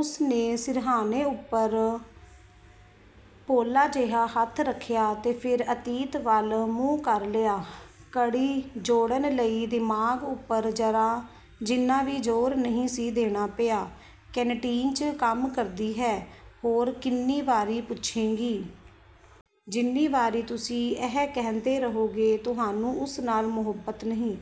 ਉਸਨੇ ਸਿਰਹਾਣੇ ਉੱਪਰ ਪੋਲਾ ਜਿਹਾ ਹੱਥ ਰੱਖਿਆ ਤੇ ਫਿਰ ਅਤੀਤ ਵੱਲ ਮੂੰਹ ਕਰ ਲਿਆ। ਕੜੀ ਜੋੜਨ ਲਈ ਦਿਮਾਗ਼ ਉੱਪਰ ਜ਼ਰਾ ਜਿੰਨਾ ਵੀ ਜ਼ੋਰ ਨਹੀਂ ਸੀ ਦੇਣਾ ਪਿਆ।"ਕੈਨਟੀਨ 'ਚ ਕੰਮ ਕਰਦੀ ਹੈ?" "ਹੋਰ ਕਿੰਨੀ ਵਾਰੀ ਪੁੱਛੇਂਗੀ?" "ਜਿੰਨੀ ਵਾਰੀ ਤੁਸੀਂ ਇਹ ਕਹਿੰਦੇ ਰਹੋਗੇ, ਤੁਹਾਨੂੰ ਉਸ ਨਾਲ ਮੁਹੱਬਤ ਨਹੀਂ।"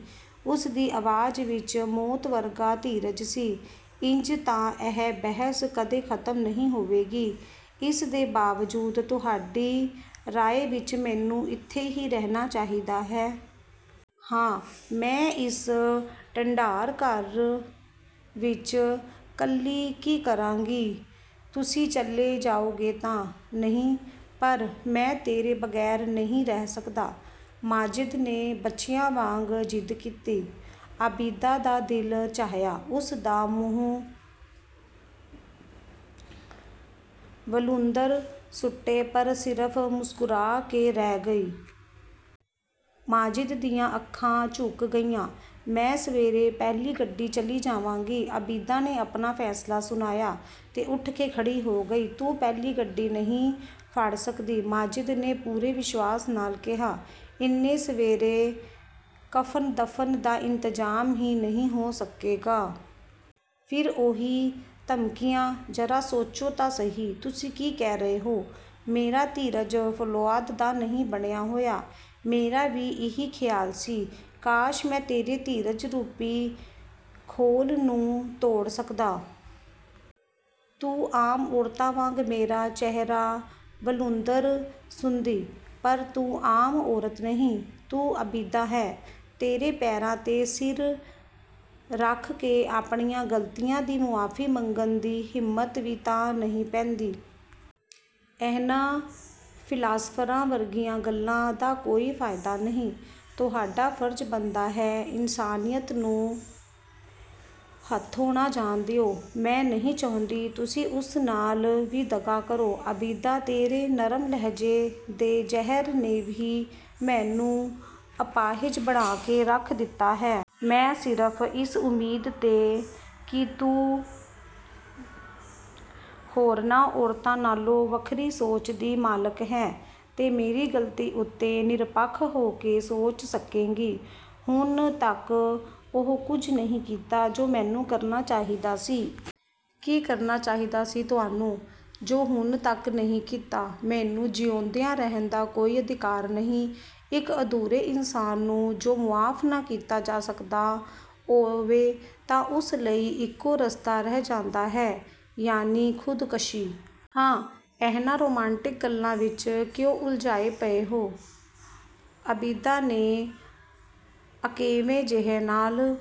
ਉਸਦੀ ਆਵਾਜ਼ ਵਿੱਚ ਮੌਤ ਵਰਗਾ ਧੀਰਜ ਸੀ।"ਇੰਜ ਤਾਂ ਇਹ ਬਹਿਸ ਕਦੇ ਖ਼ਤਮ ਨਹੀਂ ਹੋਵੇਗੀ।" "ਇਸ ਦੇ ਬਾਵਜੂਦ ਤੁਹਾਡੀ ਰਾਏ ਵਿੱਚ ਮੈਨੂੰ ਇੱਥੇ ਹੀ ਰਹਿਣਾ ਚਾਹੀਦਾ ਹੈ?" "ਹਾਂ।" "ਮੈਂ ਇਸ ਢੰਢਾਰ ਘਰ ਵਿੱਚ 'ਕੱਲੀ ਕੀ ਕਰਾਂਗੀ? ਤੁਸੀਂ ਚਲੇ ਜਾਓਗੇ ਤਾਂ।" "ਨਹੀਂ।" "ਪਰ।" "ਮੈਂ ਤੇਰੇ ਬਗ਼ੈਰ ਨਹੀਂ ਰਹਿ ਸਕਦਾ।" ਮਾਜਿਦ ਨੇ ਬੱਚਿਆਂ ਵਾਂਗ ਜ਼ਿੱਦ ਕੀਤੀ। ਆਬਿਦਾ ਦਾ ਦਿਲ ਚਾਹਿਆ, ਉਸ ਦਾ ਮੂੰਹ ਵਲੂੰਧਰ ਸੁੱਟੇ, ਪਰ ਸਿਰਫ ਮੁਸਕੁਰਾ ਦੇ ਰਹਿ ਗਈ। ਮਾਜਿਦ ਦੀਆਂ ਅੱਖਾਂ ਝੁਕ ਗਈਆਂ। "ਮੈਂ ਸਵੇਰੇ ਪਹਿਲੀ ਗੱਡੀ ਚਲੀ ਜਾਵਾਂਗੀ।" ਆਬਿਦਾ ਨੇ ਆਪਣਾ ਫ਼ੈਸਲਾ ਸੁਣਾਇਆ ਤੇ ਉੱਠ ਕੇ ਖੜ੍ਹੀ ਹੋ ਗਈ। "ਤੂੰ ਪਹਿਲੀ ਗੱਡੀ ਨਹੀਂ ਫੜ ਸਕਣੀ।" ਮਾਜਿਦ ਨੇ ਪੂਰੇ ਵਿਸ਼ਵਾਸ ਨਾਲ ਕਿਹਾ, "ਇੰਨੇ ਸਵੇਰੇ ਕਫ਼ਨ-ਦਫ਼ਨ ਦਾ ਇੰਤਜ਼ਾਮ ਹੀ ਨਹੀਂ ਹੋ ਸਕੇਗਾ।" "ਫਿਰ ਉਹੀ ਧਮਕੀਆਂ! ਜ਼ਰਾ ਸੋਚੋ ਤਾਂ ਸਹੀ, ਤੁਸੀਂ ਕੀ ਕਹਿ ਰਹੇ ਹੋ? ਮੇਰਾ ਧੀਰਜ ਫ਼ੌਵਲਾਦ ਦਾ ਨਹੀਂ ਬਣਿਆ ਹੋਇਆ।" "ਮੇਰਾ ਵੀ ਇਹੀ ਖ਼ਿਆਲ ਸੀ। ਕਾਸ਼, ਮੈਂ ਤੇਰੇ ਧੀਰਜ ਰੂਪੀ ਖੋਲ ਨੂੰ ਤੋੜ ਸਕਦਾ। ਤੂੰ ਆਮ ਔਰਤਾਂ ਵਾਂਗ ਮੇਰਾ ਚਿਹਰਾ ਵਲੂੰਧਰ ਸੁੰਦੀ। ਪਰ ਤੂੰ ਆਮ ਔਰਤ ਨਹੀਂ। ਤੂੰ ਆਬਿਦਾ ਹੈਂ। ਤੇਰੇ ਪੈਰਾਂ 'ਤੇ ਸਿਰ ਰੱਖ ਕੇ ਆਪਣੀਆਂ ਗ਼ਲਤੀਆਂ ਦੀ ਮੁਆਫ਼ੀ ਮੰਗਣ ਦੀ ਹਿੰਮਤ ਵੀ ਤਾਂ ਨਹੀਂ ਪੈਂਦੀ।" "ਇਹਨਾਂ ਫ਼ਿਲਾਸਫ਼ਰਾਂ ਵਰਗੀਆਂ ਗੱਲਾਂ ਦਾ ਕੋਈ ਫ਼ਾਇਦਾ ਨਹੀਂ। ਤੁਹਾਡਾ ਫ਼ਰਜ਼ ਬਣਦਾ ਹੈ, ਇਨਸਾਨੀਅਤ ਨੂੰ ਹੱਥੋਂ ਨਾ ਜਾਣ ਦਿਓ। ਮੈਂ ਨਹੀਂ ਚਾਹੁੰਦੀ ਤੁਸੀਂ ਉਸ ਨਾਲ ਵੀ ਦਗ਼ਾ ਕਰੋ।" "ਆਬਿਦਾ, ਤੇਰੇ ਨਰਮ ਲਹਿਜੇ ਦੇ ਜ਼ਹਿਰ ਨੇ ਹੀ ਮੈਨੂੰ ਅਪਾਹਿਜ ਬਣਾ ਕੇ ਰੱਖ ਦਿੱਤਾ ਹੈ। ਮੈਂ ਸਿਰਫ ਇਸ ਉਮੀਦ 'ਤੇ ਕਿ ਤੂੰ ਹੋਰਨਾਂ ਔਰਤਾਂ ਨਾਲੋਂ ਵੱਖਰੀ ਸੋਚ ਦੀ ਮਾਲਕ ਹੈਂ ਤੇ ਮੇਰੀ ਗ਼ਲਤੀ ਉੱਤੇ ਨਿਰਪੱਖ ਹੋ ਕੇ ਸੋਚ ਸਕੇਂਗੀ, ਹੁਣ ਤੱਕ ਉਹ ਕੁਝ ਨਹੀਂ ਕੀਤਾ ਜੋ ਮੈਨੂੰ ਕਰਨਾ ਚਾਹੀਦਾ ਸੀ।" "ਕੀ ਕਰਨਾ ਚਾਹੀਦਾ ਸੀ ਤੁਹਾਨੂੰ, ਜੋ ਹੁਣ ਤੱਕ ਨਹੀਂ ਕੀਤਾ?" "ਮੈਨੂੰ ਜਿਉਂਦਿਆਂ ਰਹਿਣ ਦਾ ਕੋਈ ਅਧਿਕਾਰ ਨਹੀਂ। ਇੱਕ ਅਧੂਰੇ ਇਨਸਾਨ ਨੂੰ ਜੋ ਮੁਆਫ਼ ਨਾ ਕੀਤਾ ਜਾ ਸਕਦਾ ਹੋਵੇ ਤਾਂ ਉਸ ਲਈ ਇੱਕੋ ਰਸਤਾ ਰਹਿ ਜਾਂਦਾ ਹੈ" "ਯਾਨੀ, ਖੁਦਕਸ਼ੀ?" "ਹਾਂ।" "ਇਹਨਾਂ ਰੁਮਾਂਟਿਕ ਗੱਲਾਂ ਵਿੱਚ ਕਿਉਂ ਉਲਝਾਂਦੇ ਪਏ ਹੋ" ਆਬਿਦਾ ਨੇ ਅਕੇਵੇਂ ਜਿਹੇ ਨਾਲ